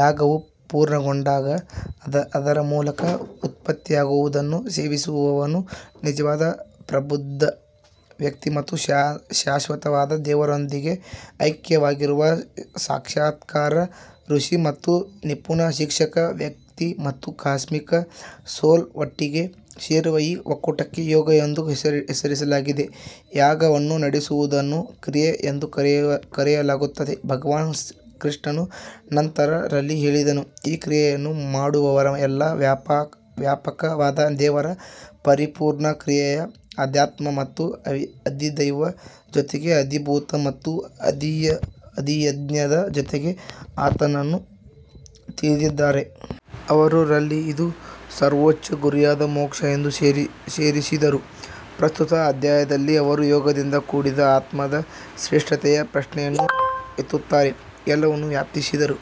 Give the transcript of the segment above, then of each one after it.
ಯಾಗವು ಪೂರ್ಣಗೊಂಡಾಗ ಅದರ ಮೂಲಕ ಉತ್ಪತ್ತಿಯಾಗುವುದನ್ನು ಸೇವಿಸುವವನು ನಿಜವಾದ ಪ್ರಬುದ್ಧ ವ್ಯಕ್ತಿ ಮತ್ತು ಶಾಶ್ವತವಾದ ದೇವರೊಂದಿಗೆ ಐಕ್ಯವಾಗಿರುವ ಸಾಕ್ಷಾತ್ಕಾರ ಋಷಿ ಮತ್ತು ನಿಪುಣ ಶಿಕ್ಷಕ. ವ್ಯಕ್ತಿ ಮತ್ತು ಕಾಸ್ಮಿಕ್ ಸೋಲ್ ಒಟ್ಟಿಗೆ ಸೇರುವ ಈ ಒಕ್ಕೂಟಕ್ಕೆ ಯೋಗ ಎಂದು ಹೆಸರಿಸಲಾಗಿದೆ ಯಾಗವನ್ನು ನಡೆಸುವುದನ್ನು ಕ್ರಿಯೆ ಎಂದು ಕರೆಯಲಾಗುತ್ತದೆ ಭಗವಾನ್ ಕೃಷ್ಣನು ನಂತರ ರಲ್ಲಿ ಹೇಳಿದನು ಈ ಕ್ರಿಯೆಯನ್ನು ಮಾಡುವವರು ಎಲ್ಲಾ ವ್ಯಾಪಕವಾದ ದೇವರ ಪರಿಪೂರ್ಣ ಕ್ರಿಯೆಯ ಅಧ್ಯಾತ್ಮ ಮತ್ತು ಅಧಿದೈವ್ ಜೊತೆಗೆ ಅಧಿಭೂತ ಮತ್ತು ಅಧಿಯಜ್ಞದ ಜೊತೆಗೆ ಆತನನ್ನು ತಿಳಿದಿದ್ದಾರೆ. ಅವರು ರಲ್ಲಿ ಇದು ಸರ್ವೋಚ್ಚ ಗುರಿಯಾದ ಮೋಕ್ಷ ಎಂದು ಸೇರಿಸಿದರು ಪ್ರಸ್ತುತ ಅಧ್ಯಾಯದಲ್ಲಿ ಅವರು ಯೋಗದಿಂದ ಕೂಡಿದ ಆತ್ಮದ ಶ್ರೇಷ್ಠತೆಯ ಪ್ರಶ್ನೆಯನ್ನು ಎತ್ತುತ್ತಾರೆ. ಎಲ್ಲವನ್ನು ವ್ಯಾಪಿಸಿದ್ದರೂ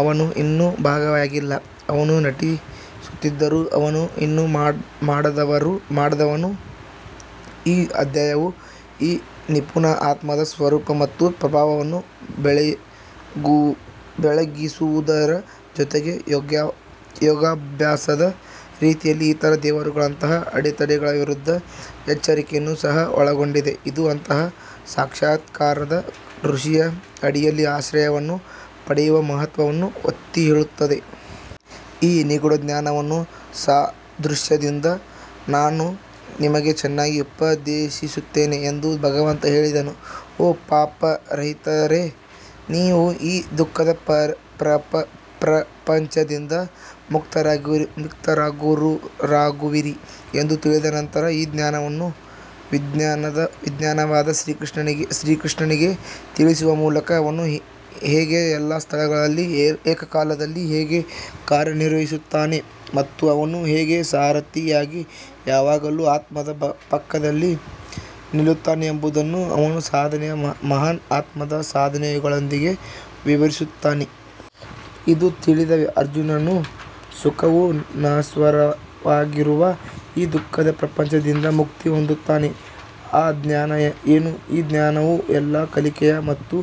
ಅವನು ಇನ್ನೂ ಭಾಗಿಯಾಗಿಲ್ಲ ಅವನು ನಟಿಸುತ್ತಿದ್ದರೂ ಅವನು ಇನ್ನೂ ಮಾಡದವನು ಈ ಅಧ್ಯಾಯವು ಈ ನಿಪುಣ ಆತ್ಮದ ಸ್ವರೂಪ ಮತ್ತು ಪ್ರಭಾವವನ್ನು ಬೆಳಗಿಸುವುದರ ಜೊತೆಗೆ ಯೋಗಾಭ್ಯಾಸದ ರೀತಿಯಲ್ಲಿ ಇತರ ದೇವರುಗಳಂತಹ ಅಡೆತಡೆಗಳ ವಿರುದ್ಧ ಎಚ್ಚರಿಕೆಯನ್ನು ಸಹ ಒಳಗೊಂಡಿದೆ ಇದು ಅಂತಹ ಸಾಕ್ಷಾತ್ಕಾರದ ಋಷಿಯ ಅಡಿಯಲ್ಲಿ ಆಶ್ರಯವನ್ನು ಪಡೆಯುವ ಮಹತ್ವವನ್ನು ಒತ್ತಿಹೇಳುತ್ತದೆ. ಈ ನಿಗೂಢ ಜ್ಞಾನವನ್ನು ಸಾದೃಶ್ಯದಿಂದ ನಾನು ನಿಮಗೆ ಚೆನ್ನಾಗಿ ಉಪದೇಶಿಸುತ್ತೇನೆ ಎಂದು ಭಗವಂತ ಹೇಳಿದನು ಓ ಪಾಪರಹಿತರೇ ನೀವು ಈ ದುಃಖದ ಪ್ರಪಂಚದಿಂದ ಮುಕ್ತರಾಗುವಿರಿ ಎಂದು ತಿಳಿದ ನಂತರ ಈ ಜ್ಞಾನವನ್ನು ವಿಜ್ಞಾನವಾದ ಶ್ರೀಕೃಷ್ಣನಿಗೆ ತಿಳಿಸುವ ಮೂಲಕ ಅವನು ಹೇಗೆ ಎಲ್ಲಾ ಸ್ಥಳಗಳಲ್ಲಿ ಏಕಕಾಲದಲ್ಲಿ ಹೇಗೆ ಕಾರ್ಯನಿರ್ವಹಿಸುತ್ತಾನೆ ಮತ್ತು ಅವನು ಹೇಗೆ ಸಾರಥಿಯಾಗಿ ಯಾವಾಗಲೂ ಆತ್ಮದ ಪಕ್ಕದಲ್ಲಿ ನಿಲ್ಲುತ್ತಾನೆ ಎಂಬುದನ್ನು ಅವನು ಸಾಧನೆಯ ಮಹಾನ್ ಆತ್ಮದ ಸಾಧನೆಗಳೊಂದಿಗೆ ವಿವರಿಸುತ್ತಾನೆ. ಇದನ್ನು ತಿಳಿದ ಅರ್ಜುನನು ಸುಖವು ನಶ್ವರವಾಗಿರುವ ಈ ದುಃಖದ ಪ್ರಪಂಚದಿಂದ ಮುಕ್ತಿ ಹೊಂದುತ್ತಾನೆ ಆ ಜ್ಞಾನ ಏನು ಈ ಜ್ಞಾನವು ಎಲ್ಲಾ ಕಲಿಕೆಯ ಮತ್ತು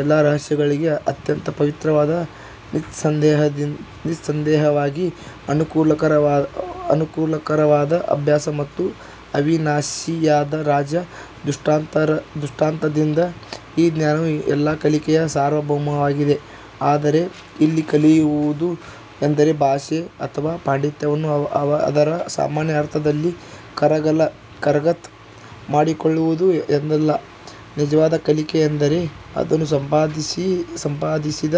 ಎಲ್ಲಾ ರಹಸ್ಯಗಳಿಗೆ ಅತ್ಯಂತ ಪವಿತ್ರವಾದ ನಿಸ್ಸಂದೇಹವಾಗಿ ಅನುಕೂಲಕರವಾದ ಅಭ್ಯಾಸ ಮತ್ತು ಅವಿನಾಶಿಯಾದ ರಾಜ. ದೃಷ್ಟಾಂತದಿಂದ ಈ ಜ್ಞಾನವು ಎಲ್ಲಾ ಕಲಿಕೆಯ ಸಾರ್ವಭೌಮವಾಗಿದೆ ಆದರೆ ಇಲ್ಲಿ ಕಲಿಯುವುದು ಎಂದರೆ ಭಾಷೆ ಅಥವಾ ಪಾಂಡಿತ್ಯವನ್ನು ಅದರ ಸಾಮಾನ್ಯ ಅರ್ಥದಲ್ಲಿ ಕರಗತ ಮಾಡಿಕೊಳ್ಳುವುದು ಎಂದಲ್ಲ ನಿಜವಾದ ಕಲಿಕೆ ಎಂದರೆ ಅದನ್ನು ಸಂಪಾದಿಸಿದ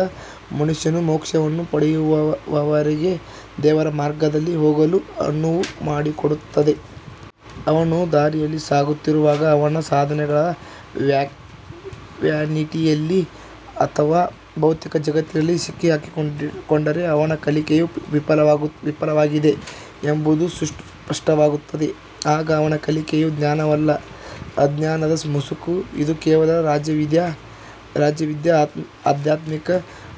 ಮನುಷ್ಯನು ಮೋಕ್ಷವನ್ನು ಪಡೆಯುವವರೆಗೆ ದೇವರ ಮಾರ್ಗದಲ್ಲಿ ಹೋಗಲು ಅನುವು ಮಾಡಿಕೊಡುತ್ತದೆ. ಅವನು ದಾರಿಯಲ್ಲಿ ಸಾಗುತ್ತಿರುವಾಗ ಅವನ ಸಾಧನೆಗಳ ವ್ಯಾನಿಟಿಯಲ್ಲಿ ಅಥವಾ ಭೌತಿಕ ಜಗತ್ತಿನಲ್ಲಿ ಸಿಕ್ಕಿಹಾಕಿಕೊಂಡರೆ ಅವನ ಕಲಿಕೆಯು ವಿಫಲವಾಗಿದೆ ಎಂಬುದು ಸ್ಪಷ್ಟವಾಗುತ್ತದೆ. ಆಗ ಅವನ ಕಲಿಕೆಯು ಜ್ಞಾನವಲ್ಲ ಅಜ್ಞಾನದ ಮುಸುಕು ಇದು ಕೇವಲ ರಾಜವಿದ್ಯಾ ಆಧ್ಯಾತ್ಮಿಕ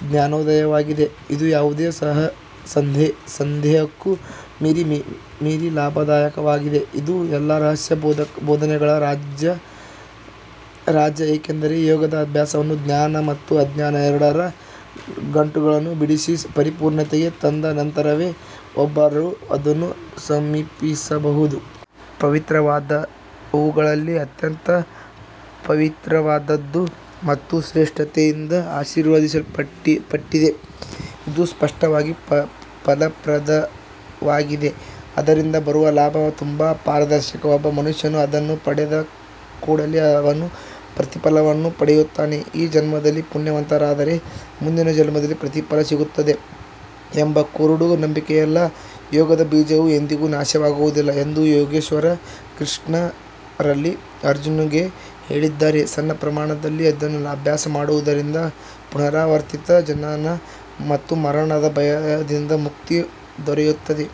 ಜ್ಞಾನೋದಯವಾಗಿದೆ ಇದು ಯಾವುದೇ ಸಂದೇಹಕ್ಕೂ ಮೀರಿ ಲಾಭದಾಯಕವಾಗಿದೆ ಇದು ಎಲ್ಲಾ ರಹಸ್ಯ ಬೋಧನೆಗಳ ರಾಜ ಏಕೆಂದರೆ ಯೋಗದ ಅಭ್ಯಾಸವನ್ನು ಜ್ಞಾನ ಮತ್ತು ಅಜ್ಞಾನ ಎರಡರ ಗಂಟುಗಳನ್ನು ಬಿಡಿಸಿ ಪರಿಪೂರ್ಣತೆಗೆ ತಂದ ನಂತರವೇ ಒಬ್ಬರು ಅದನ್ನು ಸಮೀಪಿಸಬಹುದು. ಪವಿತ್ರವಾದವುಗಳಲ್ಲಿ ಅತ್ಯಂತ ಪವಿತ್ರವಾದದ್ದು ಮತ್ತು ಶ್ರೇಷ್ಠತೆಯಿಂದ ಆಶೀರ್ವದಿಸಲ್ಪಟ್ಟಿದೆ ಇದು ಸ್ಪಷ್ಟವಾಗಿ ಫಲಪ್ರದವಾಗಿದೆ ಅದರಿಂದ ಬರುವ ಲಾಭ ತುಂಬಾ ಪಾರದರ್ಶಕ ಒಬ್ಬ ಮನುಷ್ಯನು ಅದನ್ನು ಪಡೆದ ಕೂಡಲೇ ಅವನು ಪ್ರತಿಫಲವನ್ನು ಪಡೆಯುತ್ತಾನೆ ಈ ಜನ್ಮದಲ್ಲಿ ಪುಣ್ಯವಂತರಾದರೆ ಮುಂದಿನ ಜನ್ಮದಲ್ಲಿ ಪ್ರತಿಫಲ ಸಿಗುತ್ತದೆ ಎಂಬ ಕುರುಡು ನಂಬಿಕೆಯಲ್ಲ ಯೋಗದ ಬೀಜವು ಎಂದಿಗೂ ನಾಶವಾಗುವುದಿಲ್ಲ ಎಂದು ಯೋಗೇಶ್ವರ ಕೃಷ್ಣ ರಲ್ಲಿ ಅರ್ಜುನ್ಗೆ ಹೇಳಿದ್ದಾರೆ ಸಣ್ಣ ಪ್ರಮಾಣದಲ್ಲಿ ಇದನ್ನು ಅಭ್ಯಾಸ ಮಾಡುವುದರಿಂದ ಪುನರಾವರ್ತಿತ ಜನನ ಮತ್ತು ಮರಣದ ಭಯದಿಂದ ಮುಕ್ತಿ ದೊರೆಯುತ್ತದೆ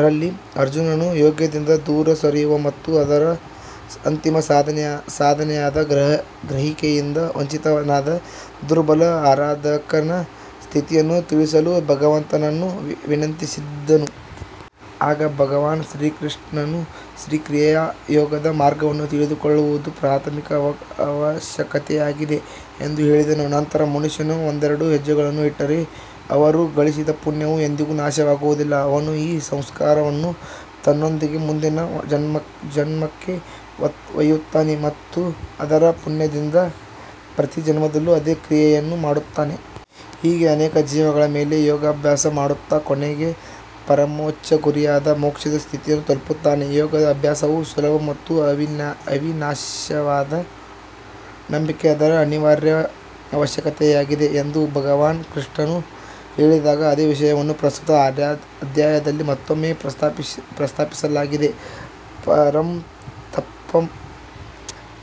ರಲ್ಲಿ ಅರ್ಜುನನು ಯೋಗದಿಂದ ದೂರ ಸರಿಯುವ ಮತ್ತು ಅದರ ಅಂತಿಮ ಸಾಧನೆಯಾದ ಗ್ರಹಿಕೆಯಿಂದ ವಂಚಿತನಾದ ದುರ್ಬಲ ಆರಾಧಕನ ಸ್ಥಿತಿಯನ್ನು ತಿಳಿಸಲು ಭಗವಂತನನ್ನು ವಿನಂತಿಸಿದನು. ಆಗ ಭಗವಾನ್ ಕೃಷ್ಣನು ಈ ಕ್ರಿಯಾ ಯೋಗದ ಮಾರ್ಗವನ್ನು ತಿಳಿದುಕೊಳ್ಳುವುದು ಪ್ರಾಥಮಿಕ ಅವಶ್ಯಕತೆಯಾಗಿದೆ ಎಂದು ಹೇಳಿದನು ನಂತರ ಮನುಷ್ಯನು ಒಂದೆರಡು ಹೆಜ್ಜೆಗಳನ್ನು ಇಟ್ಟರೆ ಅವರು ಗಳಿಸಿದ ಪುಣ್ಯವು ಎಂದಿಗೂ ನಾಶವಾಗುವುದಿಲ್ಲ. ಅವನು ಈ ಸಂಸ್ಕಾರವನ್ನು ತನ್ನೊಂದಿಗೆ ಮುಂದಿನ ಜನ್ಮಕ್ಕೆ ಒಯ್ಯುತ್ತಾನೆ ಮತ್ತು ಅದರ ಪುಣ್ಯದಿಂದ ಪ್ರತಿ ಜನ್ಮದಲ್ಲೂ ಅದೇ ಕ್ರಿಯೆಯನ್ನು ಮಾಡುತ್ತಾನೆ. ಹೀಗೆ ಅನೇಕ ಜೀವಗಳ ಮೇಲೆ ಯೋಗಾಭ್ಯಾಸ ಮಾಡುತ್ತಾ ಕೊನೆಗೆ ಪರಮೋಚ್ಚ ಗುರಿಯಾದ ಮೋಕ್ಷದ ಸ್ಥಿತಿಯನ್ನು ತಲುಪುತ್ತಾನೆ. ಯೋಗದ ಅಭ್ಯಾಸವು ಸುಲಭ ಮತ್ತು ಅವಿನಾಶವಾದ ನಂಬಿಕೆ ಅದರ ಅನಿವಾರ್ಯ ಅವಶ್ಯಕತೆಯಾಗಿದೆ ಎಂದು ಭಗವಾನ್ ಕೃಷ್ಣನು ಹೇಳಿದಾಗ ಅದೇ ವಿಷಯವನ್ನು ಪ್ರಸ್ತುತ ಅಧ್ಯಾಯದಲ್ಲಿ ಮತ್ತೊಮ್ಮೆ ಪ್ರಸ್ತಾಪಿಸಲಾಗಿದೆ.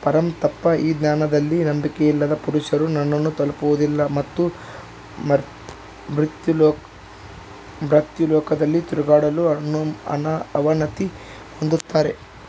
ಪರಂತಪ್ ಈ ಜ್ಞಾನದಲ್ಲಿ ನಂಬಿಕೆಯಿಲ್ಲದ ಪುರುಷರು ನನ್ನನ್ನು ತಲುಪುವುದಿಲ್ಲ ಮತ್ತು ಮರ್ತ್ಯಲೋಕದಲ್ಲಿ ತಿರುಗಾಡಲು ಅವನತಿ ಹೊಂದುತ್ತಾರೆ.